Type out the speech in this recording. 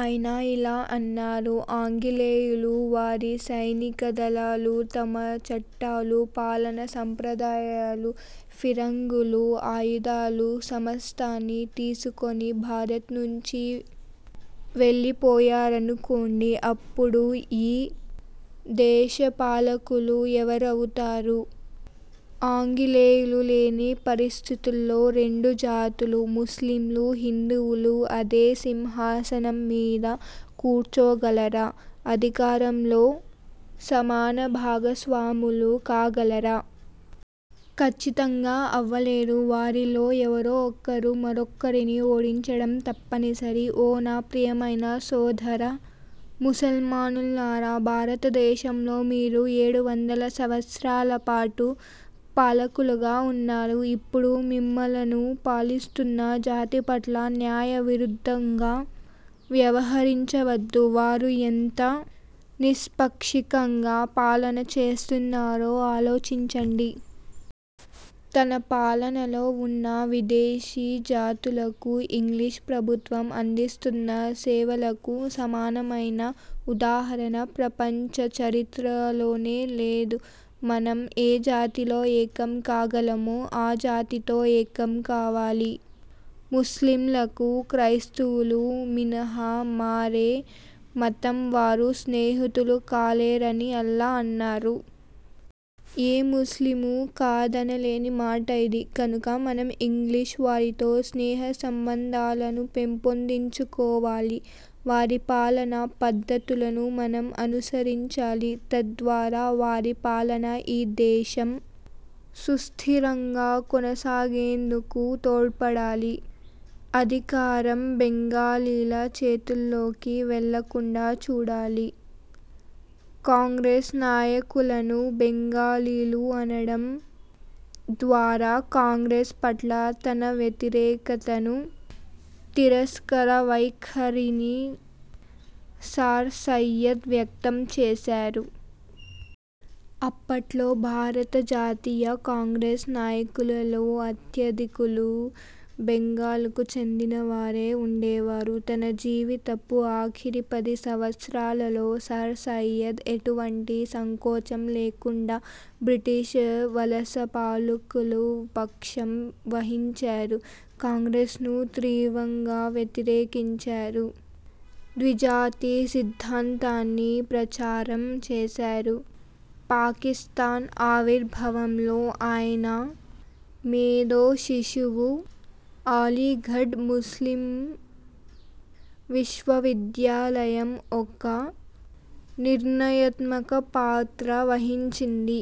ఆయన ఇలా అన్నారు. 'ఆంగ్లేయులు, వారి సైనికదళాలు తమ చట్టాలు, పాలనా సంప్రదాయాలు, ఫిరంగులు, ఆయుధాలు సమస్తాన్నీ తీసుకొని భారత్ నుంచి వెళ్ళిపోయారనుకోండి. అప్పుడు ఈ దేశపాలకులు ఎవరవుతారు? ఆంగ్లేయులు లేని పరిస్థితుల్లో రెండు జాతులు– ముస్లింలు, హిందువులు అదే సింహాసనం మీద కూర్చోగలరా? అధికారంలో సమానభాగస్వాములు కాగలరా? ఖచ్చితంగా అవ్వలేరు. వారిలో ఎవరో ఒకరు మరొకరిని ఓడించడం తప్పనిసరి ఓ నా ప్రియమైన సోదర ముస్లమానులారా, భారతదేశంలో మీరు ఏడువందల సంవత్సరాల పాటు పాలకులుగా వున్నారు. ఇప్పుడు మిమ్ములను పాలిస్తున్న జాతిపట్ల న్యాయ విరుద్ధంగా వ్యవహరించవద్దు. వారు ఎంత నిష్పాక్షికంగా పాలన చేస్తున్నారో ఆలోచించండి. తన పాలనలో వున్న విదేశీ జాతులకు ఇంగ్లీష్ ప్రభుత్వం అందిస్తున్న సేవలకు సమానమైన ఉదాహరణ ప్రపంచ చరిత్రలోనే లేదు'. మనం ఏ జాతిలో ఏకం కాగలమో ఆ జాతితో ఏకం కావాలి. ముస్లింలకు క్రైస్తవుల మినహా మరే మతం వారు స్నేహితులు కాలేరని అల్లా అన్నారు. ఏ ముస్లిమూ కాదనలేని మాట ఇది. కనుక మనం ఇంగ్లీష్ వారితో స్నేహ సంబంధాలను పెంపొందించుకోవాలి. వారి పాలనా పద్ధతులను మనం అనుసరించాలి. తద్వారా వారి పాలన ఈ దేశం సుస్థిరంగా కొనసాగేందుకు తోడ్పడాలి. అధికారం బెంగాలీల చేతుల్లోకి వెళ్ళకుండా చూడాలి'. కాంగ్రెస్ నాయకులను 'బెంగాలీలు' అనడం ద్వారా కాంగ్రెస్ పట్ల తన వ్యతిరేకతను, తిరస్కార వైఖరిని సర్ సయ్యద్ వ్యక్తం చేశారు. అప్పట్లో భారత జాతీయ కాంగ్రెస్ నాయకులలో అత్యధికులు బెంగాల్కు చెందినవారే వుండేవారు. తన జీవితపు ఆఖరి పది సంవత్పరాలలో సర్ సయ్యద్ ఎటువంటి సంకోచం లేకుండా బ్రిటిష్ వలసపాలకుల పక్షం వహించారు. కాంగ్రెస్ను తీవ్రంగా వ్యతిరేకించారు. ద్విజాతి సిద్ధాంతాన్ని ప్రచారం చేశారు. పాకిస్థాన్ ఆవిర్భావంలో ఆయన మేధో శిశువు అలీగఢ్ ముస్లిమ్ విశ్వవిద్యాలయం ఒక నిర్ణయాత్మక పాత్ర వహించింది.